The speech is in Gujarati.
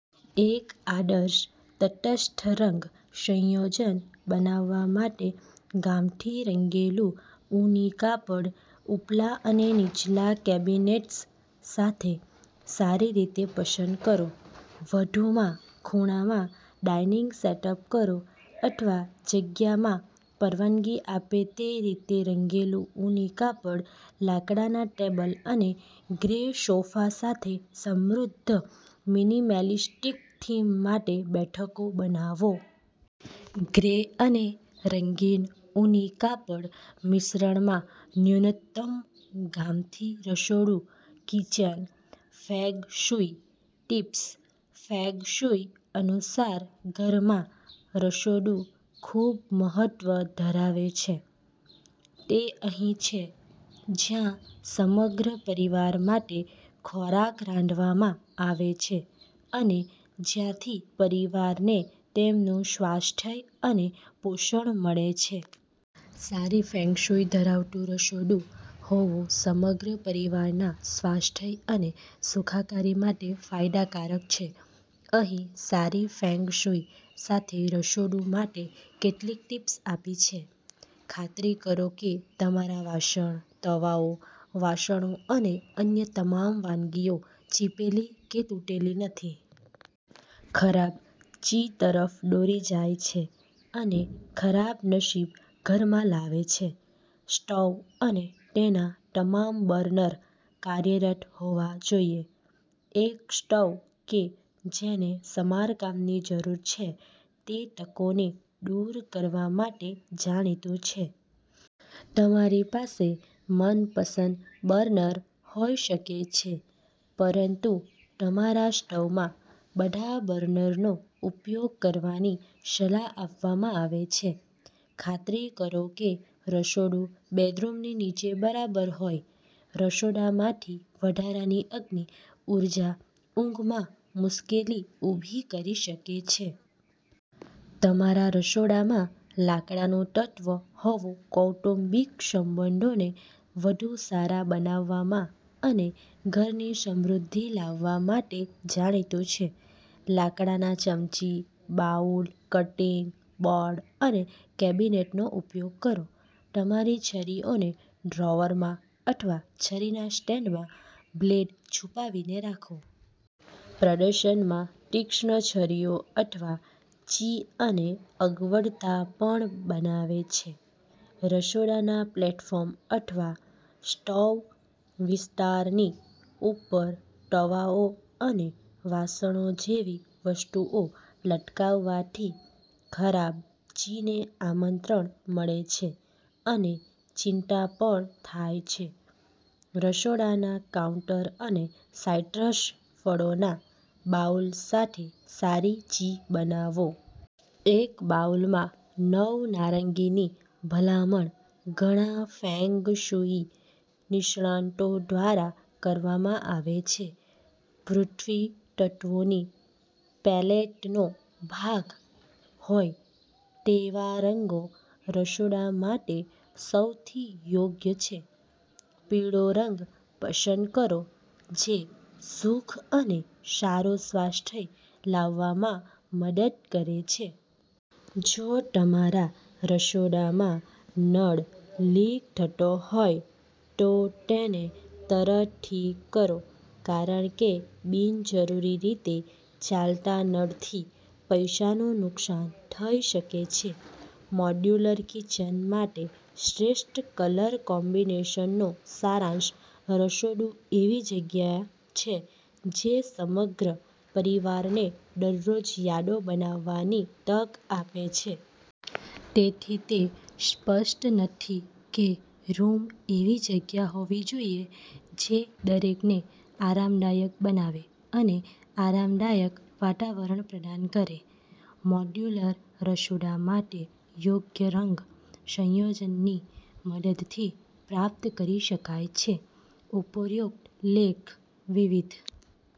એક આદર્શ તટસ્થ રંગ સંયોજન બનાવવા માટે ગામઠીરંગેલું ઊની કાપડ ઉપલા અને નીચલા કેબિનેટ્સ સાથે સારી રીતે પસંદ કરો. વધુમાં, ખૂણામાં ડાઇનિંગ સેટઅપ કરો અથવા જગ્યામાં પરવાનગી આપે તે રીતેરંગેલું ઊની કાપડ લાકડાના ટેબલ અને ગ્રે સોફા સાથે સમૃદ્ધ મિનિમેલિસ્ટિક થીમ માટે બેઠકો બનાવો. ગ્રે અને રંગીન ઊની કાપડ મિશ્રણમાં ન્યૂનતમ, ગામઠી રસોડું kitchen feng shui tips feng shui અનુસાર ઘરમાં રસોડું ખૂબ મહત્વ ધરાવે છે. તે અહીં છે જ્યાં સમગ્ર પરિવાર માટે ખોરાક રાંધવામાં આવે છે અને જ્યાંથી પરિવારને તેમનું સ્વાસ્થ્ય અને પોષણ મળે છે. સારી ફેંગશુઈ ધરાવતું રસોડું હોવુંસમગ્ર પરિવારના સ્વાસ્થ્ય અને સુખાકારી માટે ફાયદાકારક છે. અહીં સારી ફેંગ શુઇ સાથે રસોડું માટે કેટલીક ટીપ્સ આપી છે- ખાતરી કરો કે તમારા વાસણ, તવાઓ, વાસણો અને અન્ય તમામ વાનગીઓ ચીપેલી કે તૂટેલી નથી. ખરાબ ચી તરફ દોરી જાય છે અને ખરાબ નસીબ ઘરમાં લાવે છે. સ્ટોવ અને તેના તમામ બર્નર કાર્યરત હોવા જોઈએ. એક સ્ટોવ કે જેને સમારકામની જરૂર છે તે તકોને દૂર કરવા માટે જાણીતું છે. તમારી પાસે મનપસંદ બર્નર હોઈ શકે છે, પરંતુ તમારા સ્ટોવમાં બધા બર્નરનો ઉપયોગ કરવાની સલાહ આપવામાં આવે છે. ખાતરી કરો કે રસોડું બેડરૂમની નીચે બરાબરહોય. રસોડામાંથી વધારાની અગ્નિ ઉર્જા ઊંઘમાં મુશ્કેલી ઊભી કરી શકે છે. તમારા રસોડામાં લાકડાનું તત્વ હોવુંકૌટુંબિક સંબંધોને વધુ સારા બનાવવામાં અને ઘરની સમૃદ્ધિ લાવવા માટે જાણીતું છે. લાકડાના ચમચી, બાઉલ, કટિંગ બોર્ડ અને કેબિનેટનો ઉપયોગ કરો. તમારી છરીઓને ડ્રોઅરમાં અથવા છરીના સ્ટેન્ડમાં બ્લેડ છુપાવીને રાખો. પ્રદર્શનમાં તીક્ષ્ણ છરીઓ ખરાબ ચી અને અગવડતા પણ બનાવે છે. રસોડાના પ્લેટફોર્મ અથવા સ્ટોવ વિસ્તારની ઉપર તવાઓ અને વાસણો જેવી વસ્તુઓ લટકાવવાથી ખરાબ ચીને આમંત્રણ મળે છે અને ચિંતા પણ થાય છે. રસોડાના કાઉન્ટર પર સાઇટ્રસ ફળોના બાઉલ સાથે સારી ચી બનાવો. એક બાઉલમાં નવ નારંગીની ભલામણ ઘણા ફેંગ શુઇ નિષ્ણાતો દ્વારા કરવામાં આવે છે. પૃથ્વી તત્વોની પેલેટનો ભાગ હોય તેવા રંગો રસોડા માટે સૌથી યોગ્ય છે. પીળો રંગ પસંદ કરો જે સુખ અને સારું સ્વાસ્થ્ય લાવવામાં મદદ કરે છે. જો તમારા રસોડામાં નળ લીક થતો હોય તો તેને તરત ઠીક કરો, કારણ કે બિનજરૂરી રીતે ચાલતા નળથી પૈસાનું નુકસાન થઈ શકે છે. મોડ્યુલર કિચન માટે શ્રેષ્ઠ કલર કોમ્બિનેશનનો સારાંશ રસોડુંએવી જગ્યા છે જે સમગ્ર પરિવારને દરરોજ યાદો બનાવવાની તક આપે છે. તેથી, તે સ્પષ્ટ નથી કેરૂમ એવી જગ્યા હોવી જોઈએ જે દરેકને આરામદાયક બનાવે અને આરામદાયક વાતાવરણ પ્રદાન કરે. મોડ્યુલર રસોડા માટે યોગ્ય રંગ સંયોજનની મદદથીપ્રાપ્ત કરી શકાય છે. ઉપરોક્ત લેખ વિવિધ